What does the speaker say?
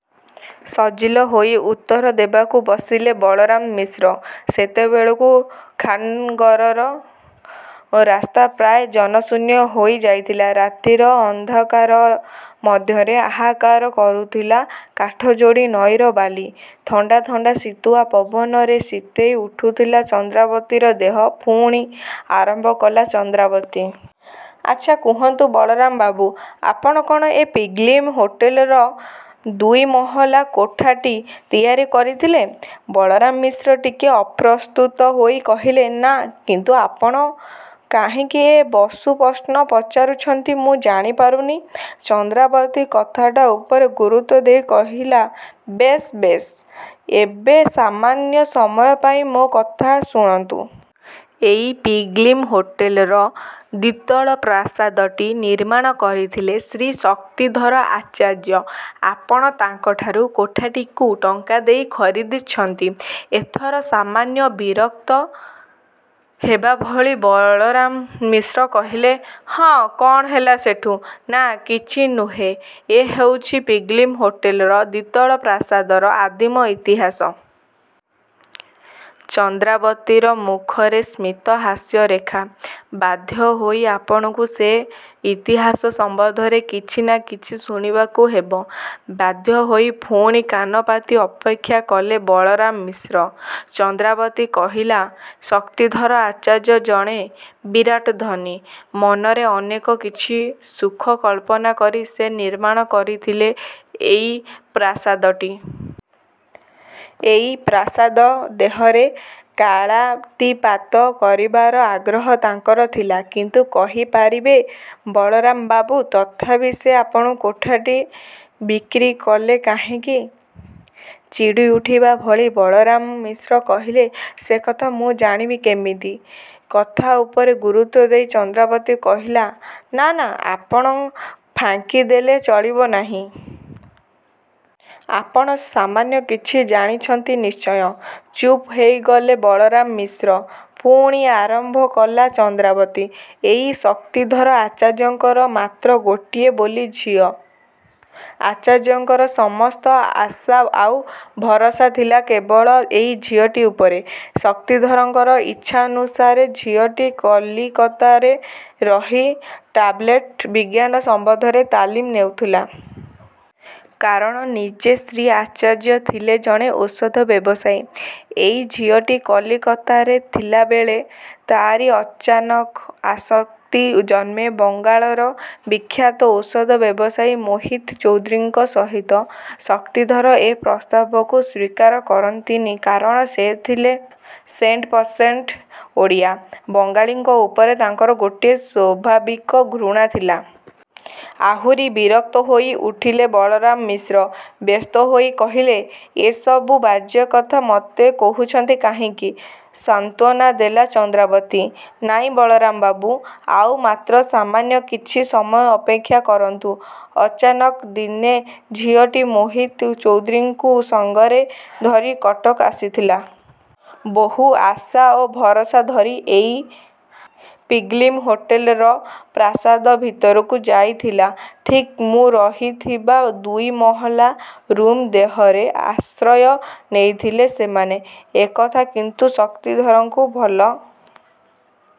ସଜିଲ ହୋଇ ଉତ୍ତର ଦେବାକୁ ବସିଲେ ବଳରାମ ମିଶ୍ର ସେତେବେଳକୁ ଖାନ୍ନଗରର ରାସ୍ତା ପ୍ରାୟ ଜନଶୂନ୍ୟ ହୋଇ ଯାଇଥିଲା ରାତିର ଅନ୍ଧକାର ମଧ୍ୟରେ ହାହାକାର କରୁଥିଲା କାଠଯୋଡ଼ି ନଈର ବାଲି। ଥଣ୍ତା ଥଣ୍ତା ଶୀତୁଆ ପବନରେ ଶୀତେଇ ଉଠୁଥିଲା ଚନ୍ଦ୍ରାବତୀର ଦେହ ପୁଣି। ଆରମ୍ଭ କଲା ଚନ୍ଦ୍ରାବତୀ ''ଆଚ୍ଛା କହନ୍ତୁ ବଳରାମ ବାବୁ! ଆପଣ କ'ଣ ଏ ପିଲ୍ଗ୍ରିମ ହୋଟେଲର ଦୁଇ ମହଲା କୋଠାଟି ତିଆରି କରିଥିଲେ? '' ବଳରାମ ମିଶ୍ର ଟିକେ ଅପ୍ରସ୍ତୁତ ହୋଇ କହିଲେ-''ନାଁ କିନ୍ତୁ ଆପଣ କାହିଁକି ଏ ବସୁ ପ୍ରଶ୍ନ ପଚାରୁଛନ୍ତି ମୁଁ ଜାଣି ପାରୁନି। '' ଚନ୍ଦ୍ରାବତୀ କଥାଟା ଉପରେ ଗୁରୁତ୍ୱ ଦେଇ କହିଲା -''ବେଶ୍ ବେଶ୍ ଏବେ ସାମାନ୍ୟ ସମୟ ପାଇଁ ମୋ କଥା ଶୁଣନ୍ତୁ। ଏଇ ପିଲ୍ଗ୍ରିମ୍ ହୋଟେଲର ଦ୍ୱିତଳ ପ୍ରାସାଦଟି ନିର୍ମାଣ କରିଥିଲେ ଶ୍ରୀ ଶକ୍ତିଧର ଆଚାର୍ଯ୍ୟ। ଆପଣ ତାଙ୍କଠାରୁ କୋଠାଟିକୁ ଟଙ୍କା ଦେଇ ଖରିଦ୍କରିଛନ୍ତି। '' ଏଥର ସାମାନ୍ୟ ବିରକ୍ତ ହେବା ଭଳି ବଳରାମ ମିଶ୍ର କହିଲେ-''ହଁ କ'ଣ ହେଲା ସେଠୁ? '' ''ନାଁ କିଛି ନୁହେ। ଏ ହେଉଛି ପିଲ୍ଗ୍ରିମ ହୋଟେଲ ଦ୍ୱିତଳ ପ୍ରାସାଦର ଆଦିମ ଇତିହାସ। '' ଚନ୍ଦ୍ରାବତୀର ମୁଖରେ ସ୍ମିତ ହାସ୍ୟରେଖା। ବାଧ୍ୟ ହୋଇ ଆପଣଙ୍କୁ ସେ ଇତିହାସ ସମ୍ୱନ୍ଧରେ କିଛି ନାଁ କିଛି ଶୁଣିବାକୁ ହେବ। ବାଧ୍ୟ ହୋଇ ପୁଣି କାନପାତି ଅପେକ୍ଷା କଲେ ବଳରାମ ମିଶ୍ର ଚନ୍ଦ୍ରାବତୀ କହିଲା-''ଶକ୍ତିଧର ଆଚାର୍ଯ୍ୟ ଜଣେ ବିରାଟ ଧନୀ। ମନରେ ଅନେକ କିଛି ସୁଖ କଳ୍ପନା କରି ସେ ନିର୍ମାଣ କରିଥିଲେ ଏଇ ପ୍ରାସାଦଟି। ଏଇ ପ୍ରାସାଦ ଦେହରେ କାଳାତୀପାତ କରିବାର ଆଗ୍ରହ ତାଙ୍କର ଥିଲା-। କିନ୍ତୁ କହି ପାରିବେ ବଳରାମ ବାବୁ ତଥାପି ସେ ଆପଣଙ୍କୁ କୋଠାଟି ବିକ୍ରୀ କଲେ କାହିଁକି? '' ଚିଡ଼ି ଉଠିବା ଭଳି ବଳରାମ ମିଶ୍ର କହିଲେ-''ସେ କଥା ମୁଁ ଜାଣିବି କେମିତି? '' କଥା ଉପରେ ଗୁରୁତ୍ୱ ଦେଇ ଚନ୍ଦ୍ରାବତୀ କହିଲା-''ନାଁ ନାଁ ଆପଣ ଫାଙ୍କି ଦେଲେ ଚଳିବ ନାହିଁ। ଆପଣ ସାମାନ୍ୟ କିଛି ଜାଣିଛନ୍ତି ନିଶ୍ଚୟ '' ଚୁପ୍ ହେଇଗଲେ ବଳରାମ ମିଶ୍ର ପୁଣି ଆରମ୍ଭ କଲା ଚନ୍ଦ୍ରାବତୀ-''ଏଇ ଶକ୍ତିଧର ଆଚାର୍ଯ୍ୟଙ୍କର ମାତ୍ର ଗୋଟିଏ ବୋଲି ଝିଅ। ଆଚାର୍ଯ୍ୟଙ୍କର ସମସ୍ତ ଆଶା ଆଉ ଭରସା ଥିଲା କେବଳ ଏଇ ଝିଅଟି ଉପରେ। ଶକ୍ତିଧରଙ୍କର ଇଚ୍ଛାନୁସାରେ ଝିଅଟି କଲିକତାରେ ରହି ଟାବ୍ଲେଟ୍ ବିଜ୍ଞାନ ସମ୍ୱନ୍ଧରେ ତାଲିମ୍ ନେଉଥିଲା। କାରଣ-ନିଜେ ଶ୍ରୀ ଆଚାର୍ଯ୍ୟ ଥିଲେ ଜଣେ ଔଷଧ ବ୍ୟବସାୟୀ। ଏଇ ଝିଅଟି କଲିକତାରେ ଥିବାବେଳେ ତା'ରି ଅଚାନକ ଆସକ୍ତି ଜନ୍ମେ ବଙ୍ଗଳାର ବିଖ୍ୟାତ ଔଷଧ ବ୍ୟବସାୟୀ ମୋହିତ ଚୌଧୁରୀଙ୍କ ସହିତ। ଶକ୍ତିଧର ଏ ପ୍ରସ୍ତାବକୁ ସ୍ୱୀକାର କରନ୍ତିନି କାରଣ ସେ ଥିଲେ ସେଣ୍ଟପରସେଣ୍ଟ ଓଡ଼ିଆ। ବଙ୍ଗାଳୀଙ୍କ ଉପରେ ତାଙ୍କର ଗୋଟିଏ ସ୍ୱଭାବିକ ଘୃଣା ଥିଲା। '' ଆହୁରି ବିରକ୍ତ ହୋଇ ଉଠିଲେ ବଳରାମ ମିଶ୍ର ବ୍ୟସ୍ତ ହୋଇ କହିଲେ ''ଏ ସବୁ ବାଜେ କଥା ମୋତେ କହୁଛନ୍ତି କାହିଁକି? '' ସାନ୍ତ୍ୱନା ଦେଲା ଚନ୍ଦ୍ରାବତୀ ''ନାଇଁ ବଳରାମ ବାବୁ ଆଉ ମାତ୍ର ସାମାନ୍ୟ କିଛି ସମୟ ଅପେକ୍ଷା କରନ୍ତୁ। '' ଅଚାନକ ଦିନେ ଝିଅଟି ମୋହିତ ଚୌଧୁରୀଙ୍କୁ ସଙ୍ଗରେ ଧରି କଟକ ଆସିଥିଲା। ବହୁ ଆଶା ଓ ଭରସା ଧରି ଏଇ ପିଲ୍ଗ୍ରିମ ହୋଟେଲର ପ୍ରାସାଦ ଭିତରକୁ ଯାଇଥିଲା। ଠିକ୍ ମୁଁ ରହିଥିବା ଦୁଇମହଲା ରୁମ୍ ଦେହରେ ଆଶ୍ରୟ ନେଇଥିଲେ ସେମାନେ। ଏକଥା କିନ୍ତୁ ଶକ୍ତିଧରଙ୍କୁ ଭଲ